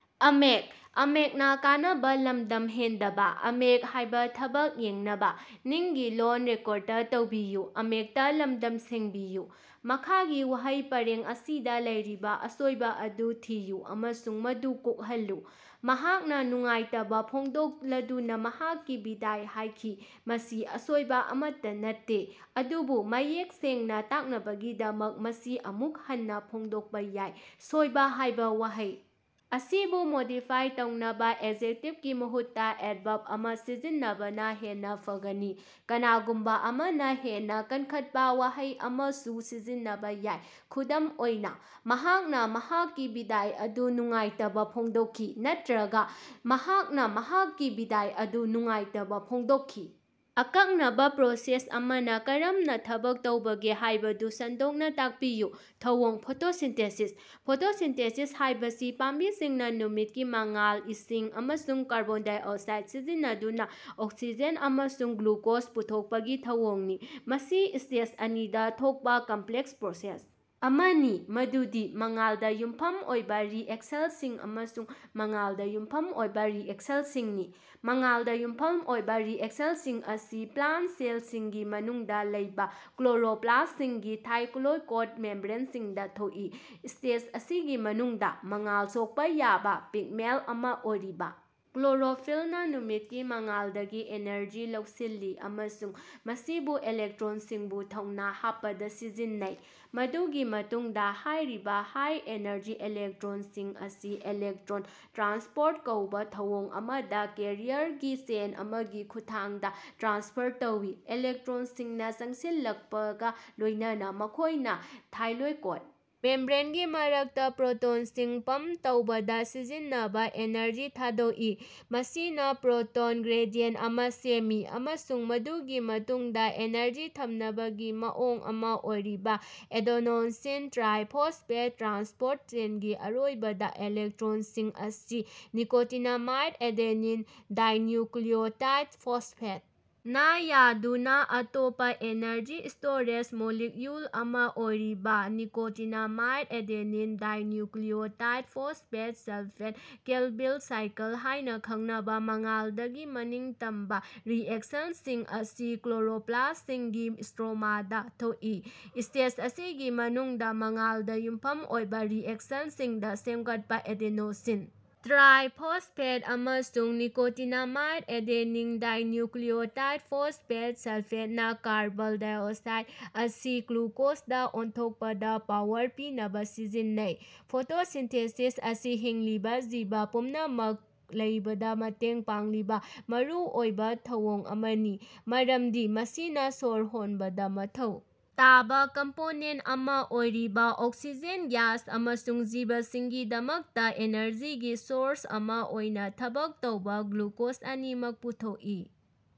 ꯃꯈꯥꯒꯤ ꯋꯥꯍꯩ ꯄꯔꯦꯡ ꯑꯁꯤꯗ ꯂꯩꯔꯤꯕ ꯑꯁꯣꯏꯕ ꯑꯗꯨ ꯊꯤꯌꯨ ꯑꯃꯁꯨꯡ ꯃꯗꯨ ꯀꯣꯛꯍꯜꯂꯨ꯫ ꯃꯍꯥꯛꯅ ꯅꯨꯡꯉꯥꯏꯇꯕ ꯐꯣꯡꯗꯣꯛꯂꯗꯨꯅ ꯃꯍꯥꯛꯀꯤ ꯕꯤꯗꯥꯏ ꯍꯥꯏꯈꯤ꯫ ꯃꯁꯤ ꯑꯁꯣꯏꯕ ꯑꯃꯠꯇꯥ ꯅꯠꯇꯦ, ꯑꯗꯨꯕꯨ ꯃꯌꯦꯛ ꯁꯦꯡꯅ ꯇꯥꯛꯅꯕꯒꯤꯗꯃꯛ ꯃꯁꯤ ꯑꯃꯨꯛ ꯍꯟꯅ ꯐꯣꯡꯗꯣꯛꯄ ꯌꯥꯏ꯫ ꯁꯣꯏꯕ ꯍꯥꯏꯕ ꯋꯥꯍꯩ ꯑꯁꯤꯕꯨ ꯃꯣꯗꯤꯐꯥꯏ ꯇꯧꯅꯕ ꯑꯦꯖꯦꯛꯇꯤꯚꯀꯤ ꯃꯍꯨꯠꯇ ꯑꯦꯗꯚꯔꯕ ꯑꯃ ꯁꯤꯖꯤꯟꯅꯕꯅꯥ ꯍꯦꯟꯅ ꯐꯒꯅꯤ꯫ ꯀꯅꯥꯒꯨꯝꯕ ꯑꯃꯅ ꯍꯦꯟꯅ ꯀꯟꯈꯠꯄ ꯋꯥꯍꯩ ꯑꯃꯁꯨ ꯁꯤꯖꯤꯟꯅꯕꯥ ꯌꯥꯏ, ꯈꯨꯗꯝ ꯑꯣꯏꯅꯥ, ꯃꯍꯥꯛꯅ ꯃꯍꯥꯛꯀꯤ ꯕꯤꯗꯥꯏ ꯑꯗꯨ ꯅꯨꯡꯉꯥꯏꯇꯕꯥ ꯐꯣꯡꯗꯣꯛꯈꯤ ꯅꯠꯇꯔꯒ ꯃꯍꯥꯛꯅ‌ ꯃꯍꯥꯛꯀꯤ ꯕꯤꯗꯥꯏ ꯑꯗꯨ ꯅꯨꯡꯉꯥꯏꯇꯕꯥ ꯐꯣꯡꯗꯣꯛꯈꯤ꯫ ꯑꯀꯛꯅꯕꯥ ꯄ꯭ꯔꯣꯁꯦꯁ ꯑꯃꯅ ꯀꯔꯝꯅ ꯊꯕꯛ ꯇꯧꯕꯒꯦ ꯍꯥꯏꯕꯗꯨ ꯁꯟꯗꯣꯛꯅ ꯇꯥꯛꯄꯤꯌꯨ꯫ ꯊꯧꯑꯣꯡ - ꯐꯣꯇꯣꯁꯤꯟꯊꯦꯁꯤꯁ, ꯐꯣꯇꯣꯁꯤꯟꯊꯦꯁꯤꯁ ꯍꯥꯏꯕꯁꯤ ꯄꯥꯝꯕꯤꯁꯤꯡꯅ ꯅꯨꯃꯤꯠꯀꯤ ꯃꯉꯥꯜ, ꯏꯁꯤꯡ ꯑꯃꯁꯨꯡ ꯀꯥꯔꯕꯣꯟ ꯗꯥꯏꯑꯣꯛꯁꯥꯏꯗ ꯁꯤꯖꯤꯟꯅꯗꯨꯅ ꯑꯣꯛꯁꯤꯖꯦꯟ ꯑꯃꯁꯨꯡ ꯒ꯭ꯂꯨꯀꯣꯖ ꯄꯨꯊꯣꯛꯄꯒꯤ ꯊꯧꯑꯣꯡꯅꯤ꯫ ꯃꯁꯤ ꯁ꯭ꯇꯦꯖ ꯑꯅꯤꯗ ꯊꯣꯛꯄ ꯀꯝꯄ꯭ꯂꯦꯛꯁ ꯄ꯭ꯔꯣꯁꯦꯁ ꯑꯃꯅꯤ, ꯃꯗꯨꯗꯤ ꯃꯉꯥꯜꯗ ꯌꯨꯝꯐꯝ ꯑꯣꯏꯕ ꯔꯤꯑꯦꯛꯁꯟꯁꯤꯡ ꯑꯃꯁꯨꯡ ꯃꯉꯥꯜꯗ ꯌꯨꯝꯐꯝ ꯑꯣꯏꯕ ꯔꯤꯑꯦꯛꯁꯟꯁꯤꯡꯅꯤ꯫ ꯃꯉꯥꯜꯗ ꯌꯨꯝꯐꯝ ꯑꯣꯏꯕ ꯔꯤꯑꯦꯛꯁꯟꯁꯤꯡ ꯑꯁꯤ ꯄ꯭ꯂꯥꯟꯇ ꯁꯦꯜꯁꯤꯡꯒꯤ ꯃꯅꯨꯡꯗ ꯂꯩꯕ ꯀ꯭ꯂꯣꯔꯣꯞꯂꯥꯁ꯭ꯇꯁꯤꯡꯒꯤ ꯊꯥꯏꯂꯦꯀꯣꯏꯗ ꯃꯦꯝꯕ꯭ꯔꯦꯟꯁꯤꯡꯗ ꯊꯣꯛꯏ꯫ ꯁ꯭ꯇꯦꯖ ꯑꯁꯤꯒꯤ ꯃꯅꯨꯡꯗ, ꯃꯉꯥꯜ ꯁꯣꯛꯄ ꯌꯥꯕ ꯄꯤꯒꯃꯦꯟꯇ ꯑꯃ‌ ꯑꯣꯏꯔꯤꯕ‌ ꯀ꯭ꯂꯣꯔꯣꯐꯤꯜꯅ ꯅꯨꯃꯤꯠꯀꯤ ꯃꯉꯥꯜꯗꯒꯤ ꯏꯅꯔꯖꯤ ꯂꯧꯁꯤꯜꯂꯤ ꯑꯃꯁꯨꯡ ꯃꯁꯤꯕꯨ ꯏꯂꯦꯛꯇ꯭ꯔꯣꯟꯁꯤꯡꯕꯨ ꯊꯧꯅ ꯍꯥꯞꯄꯗ ꯁꯤꯖꯤꯟꯅꯩ꯫ ꯃꯗꯨꯒꯤ ꯃꯇꯨꯡꯗ ꯍꯥꯏꯔꯤꯕ ꯍꯥꯏ-ꯑꯦꯅꯔꯖꯤ ꯏꯂꯦꯛꯇꯔꯣꯟꯁꯤꯡ ꯑꯁꯤ ꯏꯂꯦꯛꯇ꯭ꯔꯣꯟ ꯇ꯭ꯔꯥꯟꯁꯄꯣꯔꯠ ꯀꯧꯕ ꯊꯧꯑꯣꯡ ꯑꯃꯗ ꯀꯦꯔꯤꯌꯔꯒꯤ ꯆꯦꯟ ꯑꯃꯒꯤ ꯈꯨꯠꯊꯥꯡꯗ ꯇ꯭ꯔꯥꯟꯁꯐꯔ ꯇꯧꯏ꯫ ꯏꯂꯦꯛꯇ꯭ꯔꯣꯟꯁꯤꯡꯅ ꯆꯪꯁꯤꯜꯂꯠꯄꯒꯥ ꯂꯣꯏꯅꯅꯥ ꯃꯈꯣꯏꯅ ꯊꯥꯏꯂꯦꯀꯣꯏꯗ ꯃꯦꯝꯕ꯭ꯔꯦꯅꯒꯤ ꯃꯔꯛꯇꯥ ꯄ꯭ꯔꯣꯇꯣꯟꯁꯤꯡ ꯄꯝꯄ ꯇꯧꯕꯗ ꯁꯤꯖꯤꯟꯅꯕꯥ ꯏꯅꯔꯖꯤ ꯊꯥꯗꯣꯛꯏ, ꯃꯁꯤꯅ ꯄ꯭ꯔꯣꯇꯣꯟ ꯒ꯭ꯔꯦꯗꯤꯌꯦꯟꯇ ꯑꯃ ꯁꯦꯝꯃꯤ ꯑꯃꯁꯨꯡ ꯃꯗꯨꯒꯤ ꯃꯇꯨꯡꯗ ꯑꯦꯅꯔꯖꯤ ꯊꯝꯅꯕꯒꯤ ꯃꯑꯣꯡ ꯑꯃ ꯑꯣꯏꯔꯤꯕ ꯑꯦꯗꯦꯅꯣꯁꯤꯟ ꯇ꯭ꯔꯥꯏ ꯐꯣꯁꯐꯦꯠ ꯇ꯭ꯔꯥꯟꯁꯄꯣꯔꯠ ꯆꯦꯟꯒꯤ ꯑꯔꯣꯏꯕꯗꯥ, ꯏꯂꯦꯛꯇ꯭ꯔꯣꯟꯁꯤꯡ ꯑꯁꯤ ꯅꯤꯀꯣꯇꯤꯅꯥꯃꯥꯏꯠ ꯑꯦꯗꯦꯅꯤꯟ ꯗꯥꯏꯅ꯭ꯌꯨꯀ꯭ꯂꯤꯌꯣꯇꯥꯏꯗ ꯐꯣꯁꯐꯦꯠ ꯅꯥ ꯌꯥꯗꯨꯅ ꯑꯇꯣꯞꯄꯥ ꯏꯅꯔꯖꯤ ꯁ꯭ꯇꯣꯔꯦꯖ ꯃꯣꯂꯤꯛꯌꯨꯜ ꯑꯃ ꯑꯣꯏꯔꯤꯕ nicotinamide adenine dinucleotide phosphate -sulphate Calvin cycle ꯍꯥꯏꯅ ꯈꯪꯅꯕ ꯃꯉꯥꯜꯗꯒꯤ ꯃꯅꯤꯡꯇꯝꯕ ꯔꯤꯑꯦꯛꯁꯟꯁꯤꯡ ꯑꯁꯤ ꯀ꯭ꯂꯣꯔꯣꯄ꯭ꯂꯥꯁꯇꯁꯤꯡꯒꯤ ꯁ꯭ꯇꯔꯣꯃꯥꯗꯥ ꯊꯣꯛꯏ꯫ ꯁ꯭ꯇꯦꯖ ꯑꯁꯤꯒꯤ ꯃꯅꯨꯡꯗ ꯃꯉꯥꯜꯗ ꯌꯨꯝꯐꯝ ꯑꯣꯏꯕ ꯔꯤꯑꯦꯛꯁꯟꯁꯤꯡꯗ ꯁꯦꯝꯒꯠꯄ ꯑꯦꯗꯦꯅꯣꯁꯤ‌ꯟ ꯇ꯭ꯔꯥꯏ ꯐꯣꯁꯐꯦꯠ ꯑꯃꯁꯨꯡ nicotinamide adenine dinucleotide phosphate -sulphate ꯅꯥ ꯀꯥꯔꯕꯣꯟ ꯗꯥꯏꯑꯣꯛꯁꯥꯏꯗ ꯑꯁꯤ ꯒ꯭ꯂꯨꯀꯣꯖꯗꯥ ꯑꯣꯟꯊꯣꯛꯄꯗꯥ ꯄꯥꯋꯔ ꯄꯤꯅꯕꯥ ꯁꯤꯖꯤꯟꯅꯩ꯫ ꯐꯣꯇꯣꯁꯤꯟꯊꯦꯁꯤꯁ ꯑꯁꯤ ꯍꯤꯡꯂꯤꯕ ꯖꯤꯕ ꯄꯨꯝꯅꯃꯛ ꯂꯩꯕꯗ ꯃꯇꯦꯡ ꯄꯥꯡꯂꯤꯕ ꯃꯔꯨꯑꯣꯏꯕ ꯊꯧꯑꯣꯡ ꯑꯃꯅꯤ, ꯃꯔꯝꯗꯤ ꯃꯁꯤꯅ ꯁꯣꯔ ꯍꯣꯟꯕꯗ ꯃꯊꯧ ꯇꯥꯕ ꯀꯝꯄꯣꯅꯦꯟꯇ ꯑꯃ ꯑꯣꯏꯔꯤꯕ ꯑꯣꯛꯁꯤꯖꯦꯟ ꯒ꯭ꯌꯥꯁ ꯑꯃꯁꯨꯡ ꯖꯤꯕꯁꯤꯡꯒꯤꯗꯃꯛꯇ ꯏꯅꯔꯖꯤꯒꯤ ꯁꯣꯔꯁ ꯑꯃ ꯑꯣꯏꯅ ꯊꯕꯛ ꯇꯧꯕ ꯒ꯭ꯂꯨꯀꯣꯖ ꯑꯅꯤꯃꯛ ꯄꯨꯊꯣꯛꯏ꯫